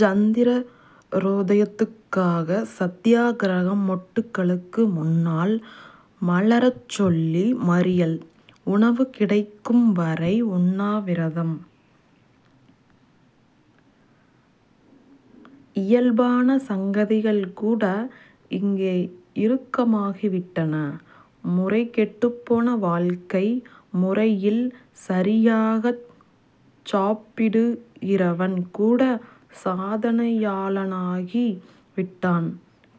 சந்திரோதயத்துக்காக சத்தியாக்கிரகம். மொட்டுகளுக்கு முன்னால் மலரச்சொல்லி மறியல். உணவு கிடைக்கும்வரை உண்ணாவிரதம். இயல்பான சங்கதிகள்கூட இங்கே இறுக்கமாகிவிட்டன. முறைகெட்டுப்போன வாழ்க்கை முறையில் சரியாகச் சாப்பிடுகிறவன்கூடச் சாதனையாளனாகி விட்டான்.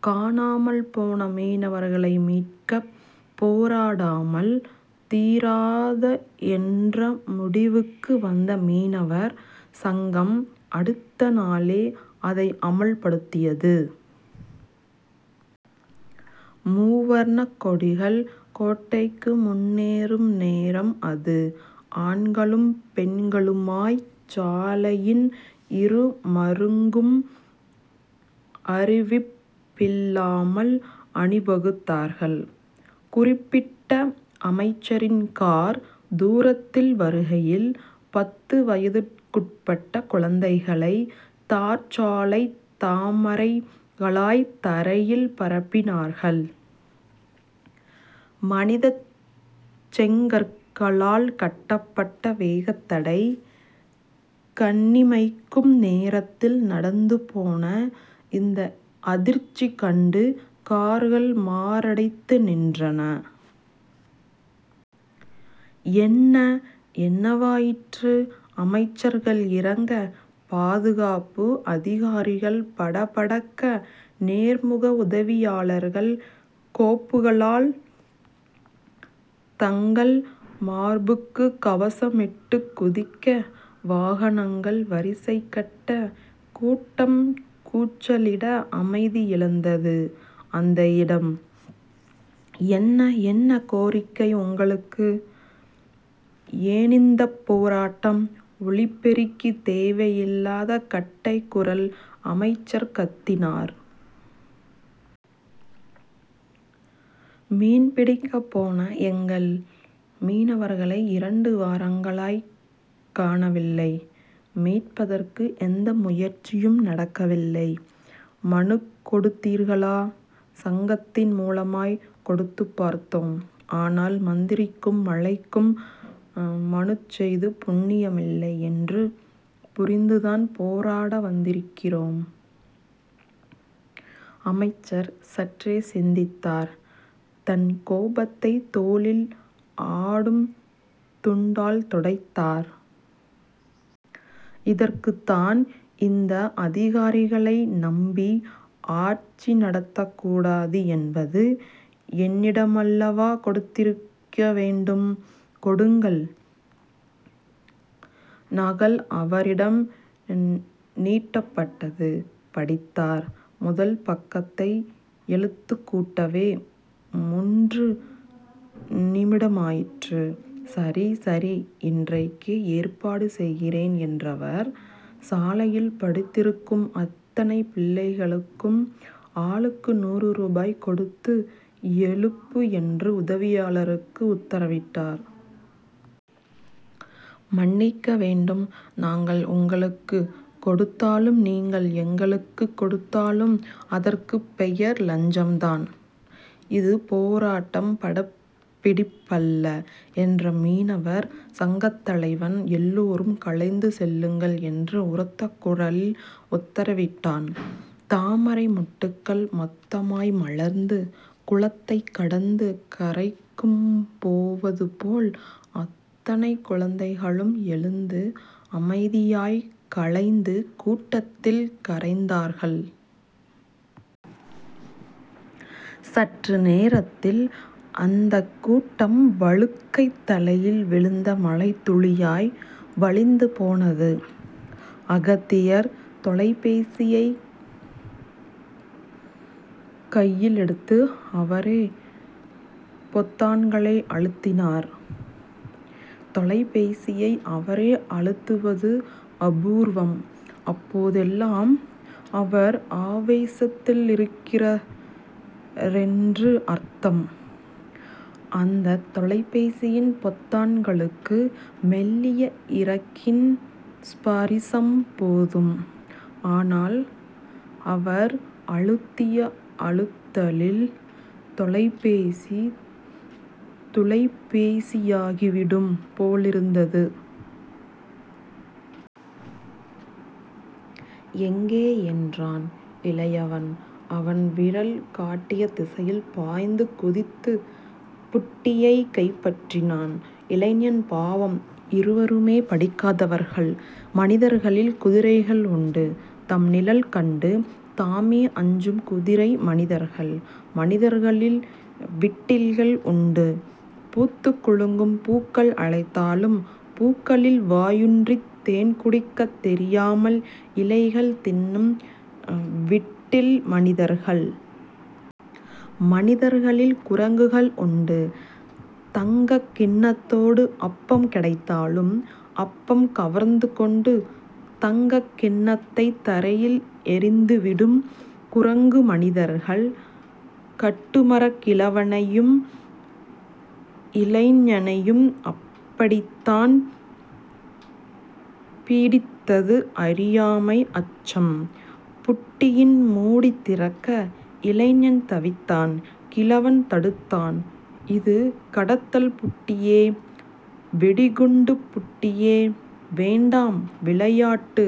காணாமல் போன மீனவர்களை மீட்கப் போராடாமல் தீராது என்ற முடிவுக்கு வந்த மீனவர் சங்கம் அடுத்த நாளே அதை அமல்படுத்தியது. மூவர்ணக்கொடிகள் கோட்டைக்கு முன்னேறும் நேரம் அது. ஆண்களும் பெண்களுமாய்ச் சாலையின் இருமருங்கும் அறிவிப்பில்லாமல் அணிவகுத்தார்கள். குறிப்பிட்ட அமைச்சரின் கார் தூரத்தில் வருகையில் பத்து வயதுக்குட்பட்ட குழந்தைகளைத் தார்ச்சாலைத் தாமரைகளாய்த் தரையில் பரப்பினார்கள். மனிதச் செங்கற்களால் கட்டப்பட்ட வேகத்தடை. கண்ணிமைக்கும் நேரத்தில் நடந்துபோன இந்த அதிர்ச்சி கண்டு கார்கள் மாரடைத்து நின்றன. என்ன? என்னவாயிற்று? அமைச்சர்கள் இறங்க, பாதுகாப்பு அதிகாரிகள் படபடக்க நேர்முக உதவியாளர்கள் கோப்புகளால் தங்கள் மார்புக்குக் கவசமிட்டுக் குதிக்க, வாகனங்கள் வரிசைகட்ட, கூட்டம் கூச்சலிட அமைதி இழந்தது அந்த இடம். என்ன? என்ன கோரிக்கை உங்களுக்கு? ஏனிந்தப் போராட்டம்? ஒலிபெருக்கி தேவையில்லாத கட்டைக்குரல் அமைச்சர் கத்தினார். மீன் பிடிக்கப் போன எங்கள் மீனவர்களை இரண்டு வாரங்களாய்க் காணவில்லை. மீட்பதற்கு எந்த முயற்சியும் நடக்கவில்லை. மனுக்கொடுத்தீர்களா? சங்கத்தின் முலமாய்க் கொடுத்துப் பார்த்தோம். ஆனால், மந்திரிக்கும் மழைக்கும் மனுச்செய்து புண்ணியமில்லை என்று புரிந்துதான் போராட வந்திருக்கிறோம். அமைச்சர் சற்றே சிந்தித்தார். தன் கோபத்தைத் தோளில் ஆடும் துண்டால் துடைத்தார். இதற்குத்தான் இந்த அதிகாரிகளை நம்பி ஆட்சி நடத்தக்கூடாது என்பது. என்னிடமல்லவா கொடுத்திருக்க வேண்டும். கொடுங்கள். நகல் அவரிடம் நீட்டப்பட்டது. படித்தார். முதல் பக்கத்தை எழுத்துக்கூட்டவே முன்று நிமிடமாயிற்று. சரி. சரி. இன்றைக்கே ஏற்பாடு செய்கிறேன் என்றவர், சாலையில் படுத்திருக்கும் அத்தனை பிள்ளைகளுக்கும் ஆளுக்கு நூறு ருபாய் கொடுத்து எழுப்பு என்று உதவியாளருக்கு உத்தரவிட்டார். மன்னிக்க வேண்டும் நாங்கள் உங்களுக்குக் கொடுத்தாலும் நீங்கள் எங்களுக்குக் கொடுத்தாலும் அதற்கு பெயர் லஞ்சம்தான். இது போராட்டம். படப்பிடிப்பல்ல. என்ற மீனவர் சங்கத்தலைவன், எல்லோரும் கலைந்து செல்லுங்கள் என்று உரத்த குரலில் உத்தரவிட்டான். தாமரை மொட்டுக்கள் மொத்தமாய் மலர்ந்து குளத்தைக் கடந்து கரைக்குப் போவது போல் அத்தனை குழந்தைகளும் எழுந்து அமைதியாய்க் கலைந்து கூட்டத்தில் கரைந்தார்கள். சற்று நேரத்தில் அந்தக்கூட்டம் வழுக்கைத் தலையில் விழுந்த மழைத்துளியாய் வழிந்து போனது. அகத்தியர் தொலைபேசியைக் கையிலெடுத்து அவரே பொத்தான்களை அழுத்தினார். தொலைபேசியை அவரே அழுத்துவது அபூர்வம். அப்போதெல்லாம் அவர் ஆவேசத்திலிருக்கிறாரென்று அர்த்தம். அந்தத் தொலைபேசியின் பொத்தான்களுக்கு மெல்லிய இறகின் ஸபரிசம் போதும். ஆனால், அவர் அழுத்திய அழுத்தலில் தொலைபேசி துளைபேசியாகிவிடும் போலிருந்தது. எங்கே? என்றான் இளையவன். அவன் விரல் காட்டிய திசையில் பாய்ந்து குதித்துப் புட்டியை கைப்பற்றினான் இளைஞன் பாவம். இருவருமே படிக்காதவர்கள் மனிதர்களில் குதிரைகள் உண்டு. தம் நிழல் கண்டு தாமே அஞ்சும் குதிரை மனிதர்கள். மனிதர்களில் விட்டில்கள் உண்டு. பூத்துக் குலுங்கும் பூக்கள் அழைத்தாலும் பூக்களில் வாயூன்றித் தேன்குடிக்கத் தெரியாமல் இலைகள் தின்னும் விட்டில் மனிதர்கள். மனிதர்களில் குரங்குகள் உண்டு. தங்கக் கிண்ணத்தோடு அப்பம் கிடைத்தாலும் அப்பம் கவர்ந்துகொண்டு தங்கக்கிண்ணத்தைத் தரையில் எறிந்துவிடும் குரங்குமனிதர்கள். கட்டுமரக் கிழவனையும் இளைஞனையும் அப்படித்தான் பீடித்தது அறியாமை அச்சம். புட்டியின் முடி திறக்க இளைஞன் தவித்தான். கிழவன் தடுத்தான். இது கடத்தல் புட்டியே. வெடிகுண்டுப் புட்டியே. வேண்டாம் விளையாட்டு.